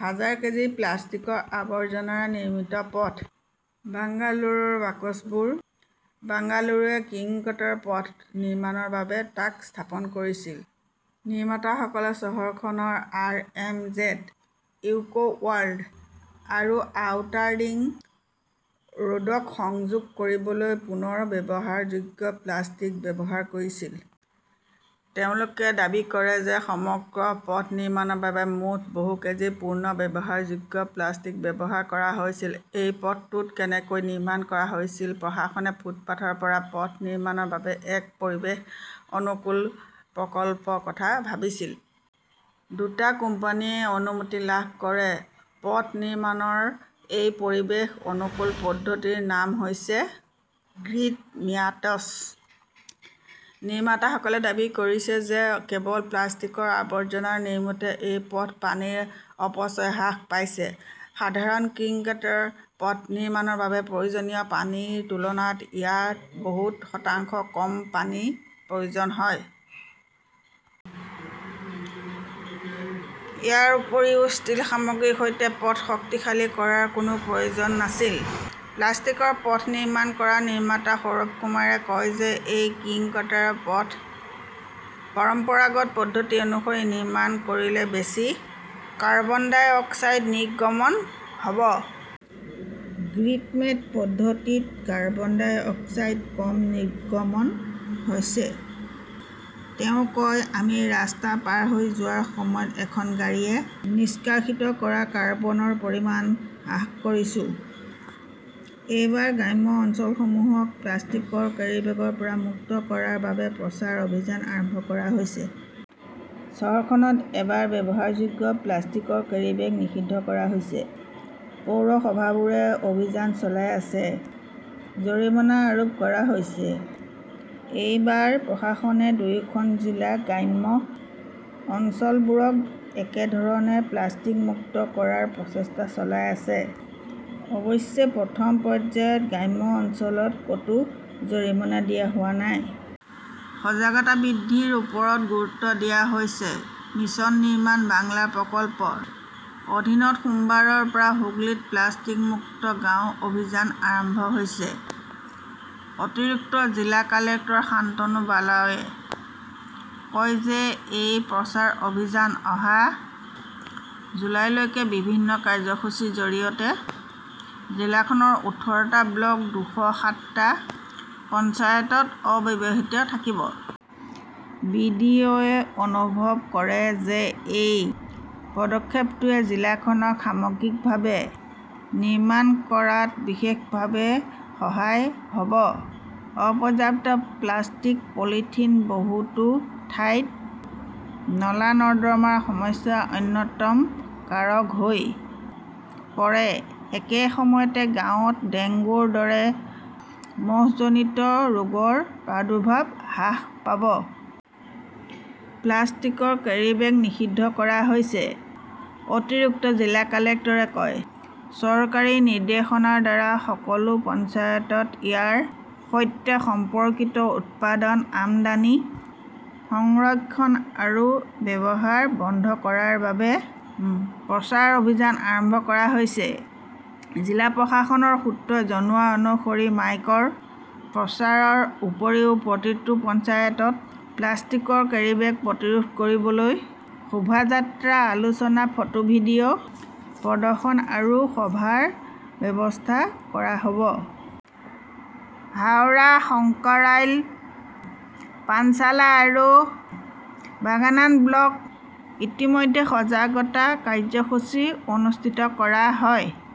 হাজাৰ কেজি প্লাষ্টিকৰ আৱৰ্জনাৰে নিৰ্মিত পথ। বেংগালুৰুৰ বাকচবোৰ বেংগালুৰুৱে কংক্ৰিটৰ পথ নিৰ্মাণৰ বাবে তাক স্থাপন কৰিছিল। নিৰ্মাতাসকলে চহৰখনৰ আৰ. এম. জেড. ইকোৱাৰ্ল্ড আৰু আউটাৰ ৰিং ৰোডক সংযোগ কৰিবলৈ পুনৰ ব্যৱহাৰযোগ্য প্লাষ্টিক ব্যৱহাৰ কৰিছিল। তেওঁলোকে দাবী কৰে যে সমগ্ৰ পথ নিৰ্মাণৰ বাবে মুঠ বহু কেজি পুনৰ্ব্যৱহাৰযোগ্য প্লাষ্টিক ব্যৱহাৰ কৰা হৈছিল। এই পথটো কেনেকৈ নিৰ্মাণ কৰা হৈছিল? প্ৰশাসনে ফুটপাথৰ পৰা পথ নিৰ্মাণৰ বাবে এক পৰিৱেশ অনুকূল প্ৰকল্পৰ কথা ভাবিছিল। দুটা কোম্পানীয়ে অনুমতি লাভ কৰে। পথ নিৰ্মাণৰ এই পৰিৱেশ-অনুকূল পদ্ধতিৰ নাম হৈছে গ্ৰীডম্যাটছ । নিৰ্মাতাসকলে দাবী কৰিছে যে কেৱল প্লাষ্টিকৰ আৱৰ্জনাৰে নিৰ্মিত এই পথত পানীৰ অপচয় হ্ৰাস পাইছে। সাধাৰণ কংক্ৰিটৰ পথ নিৰ্মাণৰ বাবে প্ৰয়োজনীয় পানীৰ তুলনাত ইয়াত বহু শতাংশ কম পানীৰ প্ৰয়োজন হয়। ইয়াৰ উপৰিও, ষ্টীল সামগ্ৰীৰ সৈতে পথ শক্তিশালী কৰাৰ কোনো প্ৰয়োজন নাছিল। প্লাষ্টিকৰ পথ নিৰ্মাণ কৰা নিৰ্মাতা সৌৰভ কুমাৰে কয় যে এই কংক্ৰিটৰ পথ পৰম্পৰাগত পদ্ধতি অনুসৰি নিৰ্মাণ কৰিলে বেছি কাৰ্বন-ডাই অক্সাইড নিৰ্গমন হ'ব। গ্ৰীডমেট পদ্ধতিত কাৰ্বন-ডাই অক্সাইড কম নিৰ্গমন হৈছে। তেওঁ কয়, আমি ৰাস্তা পাৰ হৈ যোৱাৰ সময়ত এখন গাড়ীয়ে নিষ্কাশিত কৰা কাৰ্বনৰ পৰিমাণ হ্ৰাস কৰিছো। এইবাৰ গ্ৰাম্য অঞ্চলসমূহক প্লাষ্টিকৰ কেৰিবেগৰ পৰা মুক্ত কৰাৰ বাবে প্ৰচাৰ অভিযান আৰম্ভ কৰা হৈছে। চহৰখনত এবাৰ ব্যৱহাৰযোগ্য প্লাষ্টিকৰ কেৰিবেগ নিষিদ্ধ কৰা হৈছে। পৌৰসভাবোৰে অভিযান চলাই আছে। জৰিমনা আৰোপ কৰা হৈছে। এইবাৰ প্ৰশাসনে দুয়োখন জিলাৰ গ্ৰাম্য অঞ্চলবোৰক একেধৰণে প্লাষ্টিক মুক্ত কৰাৰ প্ৰচেষ্টা চলাই আছে। অৱশ্যে, প্ৰথম পৰ্যায়ত গ্ৰাম্য অঞ্চলত ক'তো জৰিমনা দিয়া হোৱা নাই। সজাগতা বৃদ্ধিৰ ওপৰত গুৰুত্ব দিয়া হৈছে। মিছন নিৰ্মল বাংলা প্ৰকল্পৰ অধীনত সোমবাৰৰ পৰা হুগলীত প্লাষ্টিক মুক্ত গাঁও অভিযান আৰম্ভ হৈছে। অতিৰিক্ত জিলা কালেক্টৰ শান্তানু বালাৱে কয় যে এই প্ৰচাৰ অভিযান অহা জুলাইলৈকে বিভিন্ন কাৰ্যসূচীৰ জৰিয়তে জিলাখনৰ ওঠৰটা ব্লকৰ দুইশ সাতটা পঞ্চায়তত অব্যাহত থাকিব। বি. ডি. অ. -য়ে অনুভৱ কৰে যে এই পদক্ষেপটোৱে জিলাখনক সামগ্ৰিকভাৱে নিৰ্মল কৰাত বিশেষভাৱে সহায়ক হ 'ব। অপৰ্যাপ্ত প্লাষ্টিক-পলিথিন বহুতো ঠাইত নলা-নৰ্দমাৰ সমস্যাৰ অন্যতম কাৰক হৈ পৰে। । একে সময়তে গাঁৱত ডেংগুৰ দৰে মহজনিত ৰোগৰ প্ৰাদুৰ্ভাৱ হ্ৰাস পাব। প্লাষ্টিকৰ কেৰীবেগ নিষিদ্ধ কৰা হৈছে, অতিৰিক্ত জিলা কালেক্টৰে কয়। চৰকাৰী নিৰ্দেশনাৰ দ্বাৰা সকলো পঞ্চায়তত ইয়াৰ সৈতে সম্পৰ্কিত উৎপাদন, আমদানি, সংৰক্ষণ আৰু ব্যৱহাৰ বন্ধ কৰাৰ বাবে প্ৰচাৰ অভিযান আৰম্ভ কৰা হৈছে। জিলা প্ৰশাসনৰ সূত্ৰই জনোৱা অনুসৰি, মাইকৰ প্ৰচাৰৰ উপৰিও প্ৰতিটো পঞ্চায়তত প্লাষ্টিকৰ কেৰীবেগ প্ৰতিৰোধ কৰিবলৈ শোভাযাত্ৰা, আলোচনা, ফটো-ভিডিঅ প্ৰদৰ্শন আৰু সভাৰ ব্যৱস্থা কৰা হ'ব। হাওড়াৰ শংকৰাইল, পাঞ্চলা আৰু বাগনান ব্লকত ইতিমধ্যে সজাগতা কাৰ্যসূচী অনুষ্ঠিত কৰা হয়।